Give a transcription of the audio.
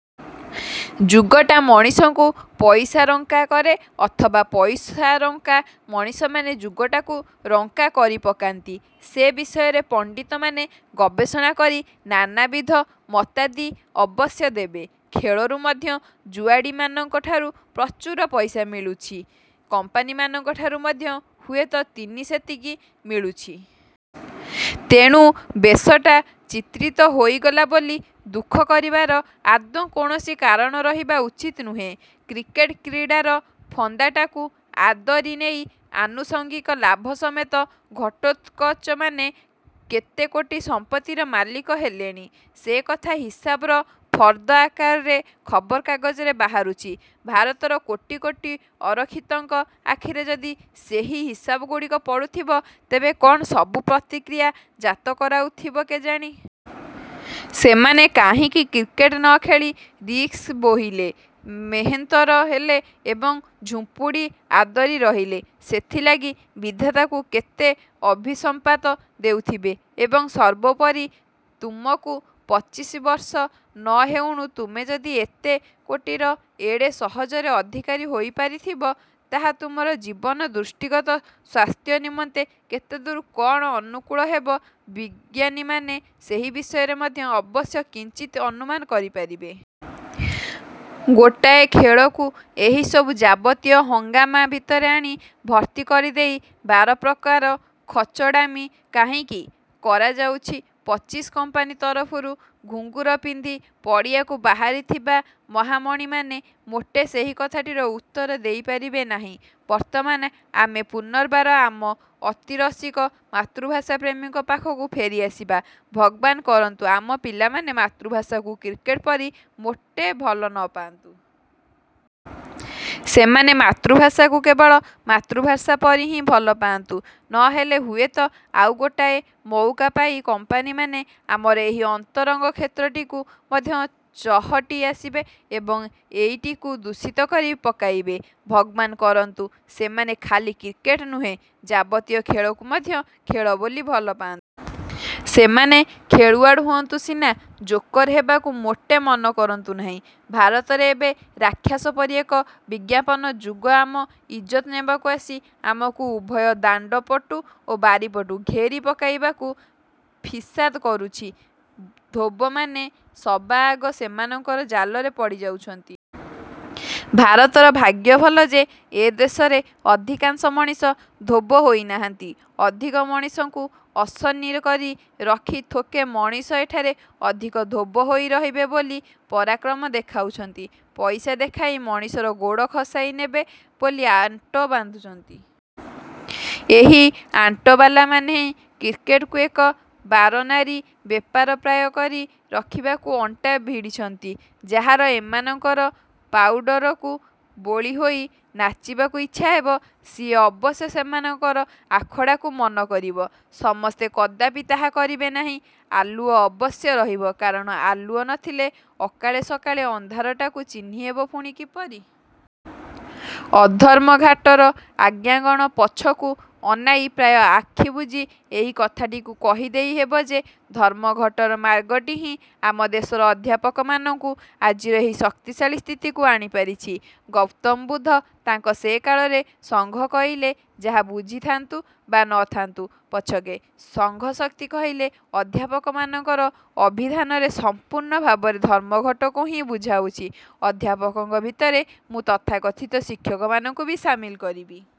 ଯୁଗଟା ମଣିଷଙ୍କୁ ପଇସାରଙ୍କା କରେ ଅଥବା ପଇସାରଙ୍କା ମଣିଷମାନେ ଯୁଗଟାକୁ ରଙ୍କା କରିପକାନ୍ତି, ସେ ବିଷୟରେ ପଣ୍ଡିତମାନେ ଗବେଷଣା କରି ନାନାବିଧ ମତାଦି ଅବଶ୍ୟ ଦେବେ। ଖେଳରୁ ମଧ୍ୟ ଜୁଆଡ଼ିମାନଙ୍କ ଠାରୁ ପ୍ରଚୁର ପଇସା ମିଳୁଛି, କମ୍ପାନୀମାନଙ୍କ ଠାରୁ ମଧ୍ୟ ହୁଏତ ତିନି ସେତିକି ମିଳୁଛି। ତେଣୁ ବେଶଟା ଚିତ୍ରିତ ହୋଇଗଲା ବୋଲି ଦୁଃଖ କରିବାର ଆଦୌ କୌଣସି କାରଣ ରହିବା ଉଚିତ ନୁହେଁ। କ୍ରିକେଟ କ୍ରୀଡ଼ାର ଫନ୍ଦାଟାକୁ ଆଦରି ନେଇ ଆନୁସଙ୍ଗିକ ଲାଭ ସମେତ ଘଟୋତ୍କଚମାନେ କେତେକୋଟି ସମ୍ପତ୍ତିର ମାଲିକ ହେଲେଣି, ସେକଥା ହିସାବର ଫର୍ଦ୍ଦ ଆକାରରେ ଖବରକାଗଜରେ ବାହାରୁଛି। ଭାରତର କୋଟି କୋଟି ଅରକ୍ଷିତଙ୍କ ଆଖିରେ ଯଦି ସେହି ହିସାବଗୁଡ଼ିକ ପଡୁଥିବ, ତେବେ କଣ ସବୁ ପ୍ରତିକ୍ରିୟା ଜାତ କରାଉଥିବ କେଜାଣି? ସେମାନେ କାହିଁକି କ୍ରିକେଟ ନ ଖେଳି ରିକ୍ସ ବୋହିଲେ, ମେହେନ୍ତର ହେଲେ ଏବଂ ଝୁମ୍ପୁଡ଼ି ଆଦରି ରହିଲେ, ସେଥିଲାଗି ବିଧାତାକୁ କେତେ ଅଭିସମ୍ପାତ ଦେଉଥିବେ। ଏବଂ ସର୍ବୋପରି ତୁମକୁ ପଚିଶି ବର୍ଷ ନ ହେଉଣୁ ତୁମେ ଯଦି ଏତେ କୋଟିର ଏଡ଼େ ସହଜରେ ଅଧିକାରୀ ହୋଇପାରିଥିବ, ତାହା ତୁମର ଜୀବନ ଦୃଷ୍ଟିଗତ ସ୍ୱାସ୍ଥ୍ୟ ନିମନ୍ତେ କେତେଦୂର କଣ ଅନୁକୂଳ ହେବ ବିଜ୍ଞାନୀମାନେ ସେହି ବିଷୟରେ ମଧ୍ୟ ଅବଶ୍ୟ କିଞ୍ଚିତ୍ ଅନୁମାନ କରିପାରିବେ। ଗୋଟାଏ ଖେଳକୁ ଏହିସବୁ ଯାବତୀୟ ହଙ୍ଗାମା ଭିତରେ ଆଣି ଭର୍ତ୍ତି କରିଦେଇ ବାରପ୍ରକାର ଖଚଡ଼ାମି କାହିଁକି ?କରାଯାଉଛି ପଚିଶି କମ୍ପାନୀ ତରଫରୁ ଘୁଙ୍ଗୁର ପିନ୍ଧି ପଡ଼ିଆକୁ ବାହାରିଥିବା ମହାମଣିମାନେ ମୋଟେ ସେହି କଥାଟିର ଉତ୍ତର ଦେଇପାରିବେ ନାହିଁ। ବର୍ତ୍ତମାନ ଆମେ ପୁନର୍ବାର ଆମ ଅତିରସିକ ମାତୃଭାଷାପ୍ରେମୀଙ୍କ ପାଖକୁ ଫେରିଆସିବା, ଭଗବାନ କରନ୍ତୁ ଆମ ପିଲାମାନେ ମାତୃଭାଷାକୁ କ୍ରିକେଟ ପରି ମୋଟେ ଭଲ ନପାଆନ୍ତୁ। ସେମାନେ ମାତୃଭାଷାକୁ କେବଳ ମାତୃଭାଷା ପରି ହିଁ ଭଲପାଆନ୍ତୁ, ନହେଲେ ହୁଏତ ଆଉ ଗୋଟାଏ ମଉକା ପାଇ କମ୍ପାନୀମାନେ ଆମର ଏହି ଅନ୍ତରଙ୍ଗ କ୍ଷେତ୍ରଟିକୁ ମଧ୍ୟ ଚହଟି ଆସିବେ ଏବଂ ଏଇଟିକୁ ଦୂଷିତ କରି ପକାଇବେ। ଭଗବାନ କରନ୍ତୁ ସେମାନେ ଖାଲି କ୍ରିକେଟ ନୁହେଁ ଯାବତୀୟ ଖେଳକୁ ମଧ୍ୟ ଖେଳ ବୋଲି ଭଲପାଆନ୍ତୁ। ସେମାନେ ଖେଳୁଆଡ଼ ହୁଅନ୍ତୁ ସିନା, ଜୋକର ହେବାକୁ ମୋଟେ ମନ କରନ୍ତୁ ନାହିଁ। ଭାରତରେ ଏବେ ରାକ୍ଷସ ପରି ଏକ ବିଜ୍ଞାପନ ଯୁଗ ଆମ ଇଜ୍ଜତ ନେବାକୁ ଆସି ଆମକୁ ଉଭୟ ଦାଣ୍ଡପଟୁ ଓ ବାରିପଟୁ ଘେରି ପକାଇବାକୁ ଫିସାଦ କରୁଛି। ଧୋବମାନେ ସବାଆଗ ସେମାନଙ୍କର ଜାଲରେ ପଡ଼ିଯାଉଛନ୍ତି। ଭାରତର ଭାଗ୍ୟ ଭଲ ଯେ, ଏ ଦେଶରେ ଅଧିକାଂଶ ମଣିଷ ଧୋବ ହୋଇନାହାନ୍ତି। ଅଧିକ ମଣିଷଙ୍କୁ ଅସନୀ କରି ରଖି ଥୋକେ ମଣିଷ ଏଠାରେ ଅଧିକ ଧୋବ ହୋଇ ରହିବେ ବୋଲି ପରାକ୍ରମ ଦେଖାଉଛନ୍ତି। ପଇସା ଦେଖାଇ ମଣିଷର ଗୋଡ଼ ଖସାଇ ନେବେ ବୋଲି ଆଣ୍ଟ ବାନ୍ଧିଛନ୍ତି। ଏହି ଆଣ୍ଟବାଲାମାନେ ହିଁ କ୍ରିକେଟକୁ ଏକ ବାରନାରୀ ବେପାର ପ୍ରାୟ କରି ରଖିବାକୁ ଅଣ୍ଟା ଭିଡ଼ିଛନ୍ତି। ଯାହାର ଏମାନଙ୍କର ପାଉଡ଼ରକୁ ବୋଳିହୋଇ ନାଚିବାକୁ ଇଚ୍ଛା ହେବ, ସିଏ ଅବଶ୍ୟ ସେମାନଙ୍କର ଆଖଡ଼ାକୁ ମନକରିବ। ସମସ୍ତେ କଦାପି ତାହା କରିବେ ନାହିଁ। ଆଲୁଅ ଅବଶ୍ୟ ରହିବ, କାରଣ ଆଲୁଅ ନଥିଲେ ଅକାଳେ ସକାଳେ ଅନ୍ଧାରଟାକୁ ଚିହ୍ନିହେବ ପୁଣି କିପରି? ଅଧର୍ମଘାଟର ଆଜ୍ଞାଗଣ ପଛକୁ ଅନାଇ ପ୍ରାୟ ଆଖି ବୁଜି ଏହି କଥାଟିକୁ କହିଦେଇ ହେବ ଯେ, ଧର୍ମଘଟର ମାର୍ଗଟି ହିଁ ଆମ ଦେଶର ଅଧ୍ୟାପକମାନଙ୍କୁ ଆଜିର ଏହି ଶକ୍ତିଶାଳୀ ସ୍ଥିତିକୁ ଆଣିପାରିଛି। ଗୌତମ ବୁଦ୍ଧ ତାଙ୍କ ସେ କାଳରେ ସଂଘ କହିଲେ ଯାହା ବୁଝିଥାନ୍ତୁ ବା ନଥାନ୍ତୁ ପଛକେ, ସଂଘଶକ୍ତି କହିଲେ ଅଧ୍ୟାପକମାନଙ୍କର ଅଭିଧାନରେ ସମ୍ପୂର୍ଣ୍ଣ ଭାବରେ ଧର୍ମଘଟକୁ ହିଁ ବୁଝାଉଛି। ଅଧ୍ୟାପକଙ୍କ ଭିତରେ ମୁଁ ତଥାକଥିତ ଶିକ୍ଷକମାନଙ୍କୁ ବି ସାମିଲ କରିବି।